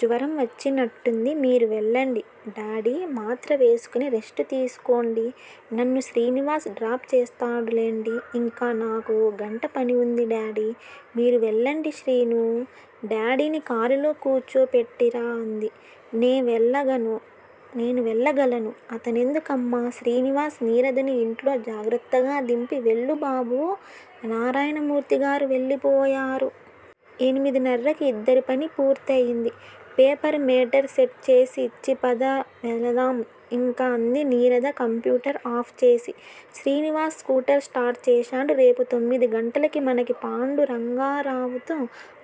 జ్వరం వచ్చినట్టుంది. మీరు వెళ్ళండి డాడీ, మాత్ర వేసుకుని రెస్ట్ తీసుకోండి. నన్ను శ్రీనివాస్ డ్రాప్ చేస్తాడులెండి ఇంకా నాకు ఓ గంట పనివుంది డాడీ. మీరు వెళ్ళండి శ్రీనూ, డాడీని కారులో కూర్చో పెట్టిరా అంది. నే వెళ్ళగలను అతనెందుకమ్మా, శ్రీనివాస్! నీరదని ఇంట్లో జాగ్రత్తగా దింపి వెళ్ళు బాబూ నారాయణమూర్తిగారు వెళ్ళిపోయారు. ఎనిమిదిన్నరకి ఇద్దరి పనీ పూర్తి అయింది. పేపరు మేటర్ సెట్ చేసి ఇచ్చి పద వెళదాం ఇంక అంది నీరద కంప్యూటర్ ఆఫ్ చేసి. శ్రీనివాస్ స్కూటర్ స్టార్ట్ చేశాడు. రేపు తొమ్మిదిగంటలకి మనకి పాండురంగారావుతో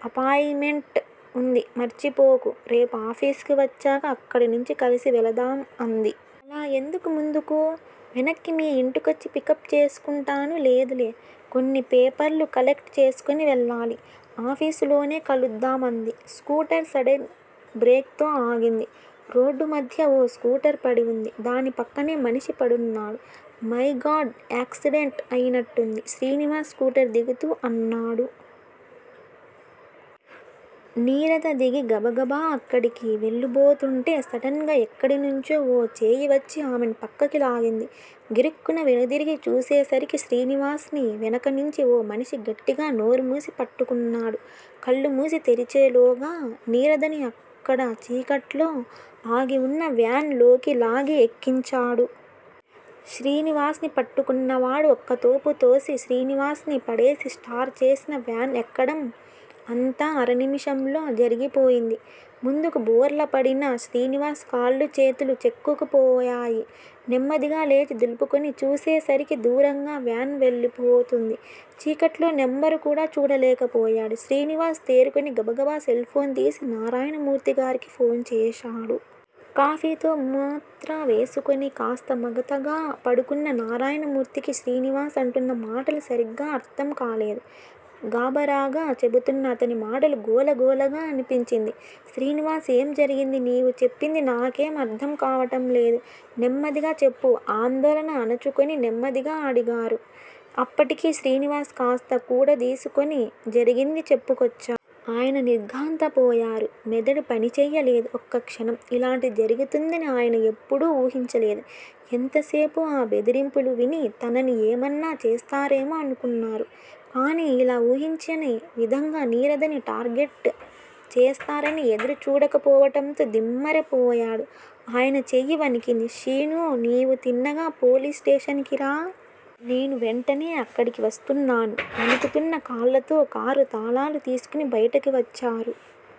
అపాయింట్ మెంట్ వుంది. మర్చిపోకు. రేపు ఆఫీసుకి వచ్చాక అక్కడినించి కలిసి వెళదాం అంది. అలా ఎందుకు ముందుకూ, వెనక్కి మీ ఇంటికొచ్చి పికప్ చేసుకుంటాను లేదులే. కొన్ని పేపర్లు కలెక్ట్ చేసుకుని వెళ్ళాలి, ఆఫీసులోనే కలుద్దాం అంది. స్కూటర్ సడెన్ బ్రేక్ తో ఆగింది. రోడ్డుమధ్య ఓ స్కూటరు పడివుంది. దానిపక్కనే మనిషి పడున్నాడు. మైగాడ్ యాక్సిడెంట్ అయినట్టుంది. శ్రీనివాస్ స్కూటర్ దిగుతూ అన్నాడు. నీరద దిగి గబగబా అక్కడికి వెళ్ళబోతూంటే సడెన్ గా ఎక్కడినించో ఓ చెయ్యివచ్చి ఆమెని పక్కకి లాగింది. గిరుక్కున వెనుదిరిగి చూసేసరికి శ్రీనివాస్ ని వెనకనించి ఓ మనిషి గట్టిగా నోరుమూసి పట్టుకున్నాడు. కళ్ళుమూసి తెరిచేలోగా నీరదని అక్కడ చీకట్లో ఆగివున్న వ్యాన్ లోకి లాగి ఎక్కించాడు. శ్రీనివాస్ ని పట్టుకున్నవాడు ఒక్కతోపు తోసి శ్రీనివాస్ ని పడేసి స్టార్ట్ చేసిన వ్యాన్ ఎక్కడం అంతా అరనిముషంలో జరిగిపోయింది. ముందుకు బోర్లాపడిన శ్రీనివాస్ కాళ్ళు చేతులు చెక్కుకుపోయాయి. నెమ్మదిగా లేచి దులుపుకుని చూసేసరికి దూరంగా వ్యాన్ వెళ్ళిపోతోంది. చీకట్లో నెంబరుకూడా చూడలేకపోయాడు. శ్రీనివాస్ తేరుకుని గబగబా సెల్ ఫోన్ తీసి నారాయణమూర్తిగారికి ఫోను చేశాడు. కాఫీతో మాత్ర వేసుకుని కాస్త మగతగా పడుకున్న నారాయణమూర్తికి శ్రీనివాస్ అంటున్న మాటలు సరిగా అర్థంకాలేదు. గాభరాగా చెబుతున్న అతని మాటలు గోలగోలగా అనిపించింది. శ్రీనివాస్ ఏం జరిగింది నీవు చెప్పింది నాకేం అర్థం కావడంలేదు. నెమ్మదిగా చెప్పు ఆందోళన అణచుకుని నెమ్మదిగా అడిగారు. అప్పటికి శ్రీనివాస్ కాస్త కూడదీసుకుని జరిగింది చెప్పుకొచ్చాడు. ఆయన నిర్ఘాంతపోయారు. మెదడు పనిచెయ్యలేదు ఒక్కక్షణం. ఇలాంటిది జరిగుతుందని ఆయన ఎప్పుడూ ఊహించలేదు. ఎంతసేపూ ఆ బెదిరింపులు విని తనని ఏమన్నా చేస్తారేమో అనుకున్నారు. కాని ఇలా ఊహించని విధంగా నీరదని టార్గెట్ చేస్తారని ఎదురు చూడకపోవడంతో దిమ్మెరపోయాడు. ఆయన చెయ్యి వణికింది. శీనూ, నీవు తిన్నగా పోలీసు స్టేషన్ కి రా. నేనూ వెంటనే అక్కడికి వస్తున్నాను వణుకుతున్న కాళ్లతో కారు తాళాలు తీసుకుని బయటికి వచ్చారు.